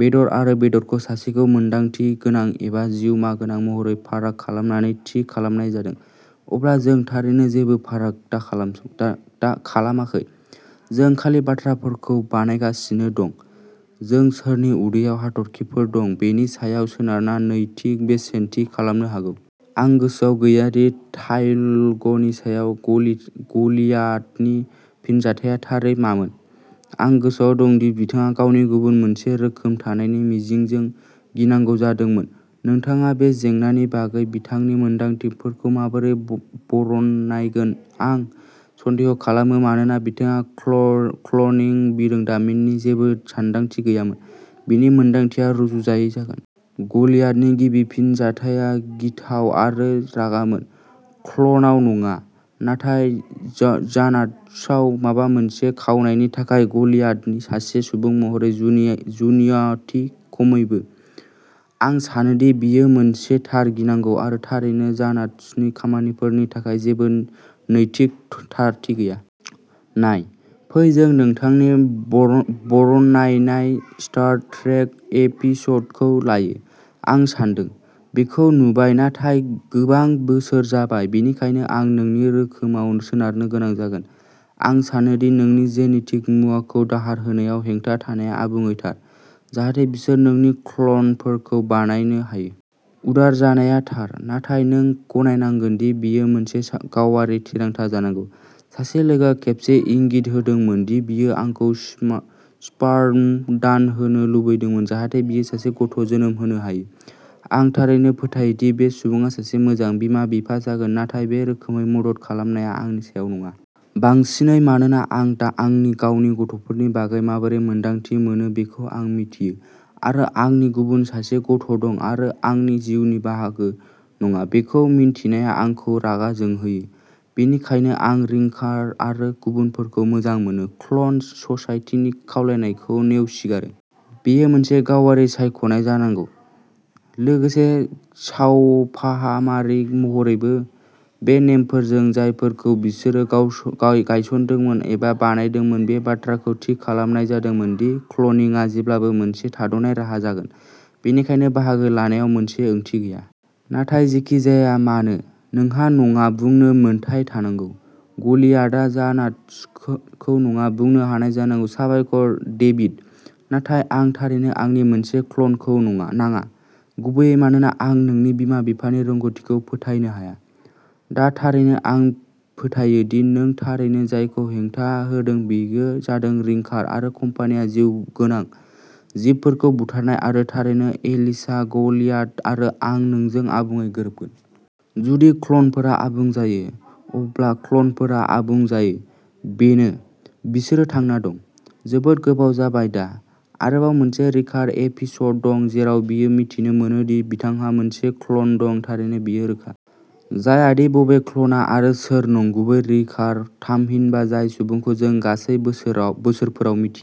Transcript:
बेदर आरो बेदरखौ सासेखौ मोनदांथि गोनां एबा जिउमा गोनां महरै फाराग खालामनानै थि खालामनाय जादों, अब्ला जों थारैनो जेबो फाराग दाखालम दाखालामाखै। जों खालि बाथ्राफोरखौ बानायगासिनो दं। जों सोरनि उदैयाव हाथरखिफोर दं बेनि सायाव सोनारना नैतिक बेसेन थि खालामनो हागौ। आं गोसोआव गैया दि थायलगनि सायाव गलि गलियाथनि फिनजाथाया थारै मामोन। आं गोसोआव दं दि बिथाङा गावनि गुबुन मोनसे रोखोम थानायनि मिजिंजों गिनांगौ जादोंमोन। नोंथाङा बे जेंनानि बागै बिथांनि मोनदांथिफोरखौ माबोरै बर बरनायगोन। आं सन्देह खालामो मानोना बिथांहा क्ल क्लनिं बिरोंदामिननि जेबो सानदांथि गैयामोन, बिनि मोनदांथिया रुजुजायै जागोन। गलियाथनि गिबि फिनजाथाया गिथाव आरो रागामोन। क्ल'नआव नङा, नाथाय जानाट'सआव माबा मोनसे खावनायनि थाखाय गलियाथनि सासे सुबुं महरै जुनि जुनियाथि, खमैबो। आं सानोदि बेयो मोनसे थार गिनांगौ आरो थारैनो, जानाट'सनि खामानिफोरनि थाखाय जेबो नैतिक थारथि गैया। नाय, फै जों नोंथांनि बरन बरनायनाय स्टार ट्रेक एपिसडखौ लायो। आं सानदों। बेखौ नुबाय, नाथाय गोबां बोसोर जाबाय, बेनिखायनो आं नोंनि रोखोमाव सोनारनो गोनां जागोन। आं सानो दि नोंनि जेनेटिक मुवाखौ दाहार होनायाव हेंथा थानाया आबुङै थार, जाहाथे बिसोर नोंनि क्ल'नफोरखौ बानायनो हायो। उदार जानाया थार, नाथाय नों गनायनांगोन दि बेयो मोनसे गावारि थिरांथा जानांगौ। सासे लोगोआ खेबसे इंगित होदोंमोन दि बियो आंखौ स्पा स्पार्म दान होनो लुबैदों जाहाथे बियो सासे गथ' जोनोम होनो हायो। आं थारैनो फोथायो दि बे सुबुङा सासे मोजां बिमा-बिफा जागोन, नाथाय बे रोखोमै मदद खालामनाया आंनि सायाव नङा। बांसिनै मानोना आं आंनि गावनि गथ'फोरनि बागै माबोरै मोन्दांथि मोनो बेखौ आं मिथियो आरो आंनि गुबुन सासे गथ' दं आरो आंनि जिउनि बाहागो नङा बेखौ मिन्थिनाया आंखौ रागा जोंहोयो। बेनिखायनो आं रिकार आरो गुबुनफोरखौ मोजां मोनो, क्ल'न ससाइटिनि खावलायनायखौ नेवसिगारो। बेयो मोनसे गावारि सायख'नाय जानांगौ। लोगोसे, सावफाहामारि महरैबो। बे नेमफोरजों, जायफोरखौ बिसोरो गावस गायसनदोंमोन एबा बानायदोंमोन बे बाथ्राखौ थि खालामनाय जादोंमोन दि क्लनिंआ जेब्लाबो मोनसे थाद'नाय राहा जागोन। बेनिखायनो बाहागो लानायाव मोनसे ओंथि गैया। नाथाय जेखि जाया मानो। नोंहा नङा बुंनो मोन्थाइ थानांगौ। गलियाथआ जानाट'सखौ नङा बुंनो हानाय जानांगौ साबायखर, डेभिड, नाथाय आं थारैनो आंनि मोनसे क्ल'नखौ नाङा, गुबैयै मानोना आं नोंनि बिमा-बिफानि रोंग'थिखौ फोथायनो हाया। दा थारैनो, आं फोथायो दि नों थारैनो जायखौ हेंथा होदों बेयो जादों रिकार आरो कम्पानिया जिउगोनां जिबफोरखौ बुथारनाय आरो थारैनो एलिसा, गलियाथ आरो आं नोंजों आबुङै गोरोबगोन। जुदि क्ल'नफोरा आबुं जायो, अब्ला क्ल'नफोरा आबुं जायो। बेनो। बिसोरो थांना दं। जोबोद गोबाव जाबाय दा, आरोबाव मोनसे रिकार एपिस'ड दं जेराव बियो मिथिनो मोनो दि बिथांहा मोनसे क्ल'न दं थारैनो बेयो रोखा जाया दि बबे क्ल'नआ आरो सोर नंगुबै रिकार थामहिनबा जाय सुबुंखौ जों गासै बोसोराव बोसोरफोराव मिथियो,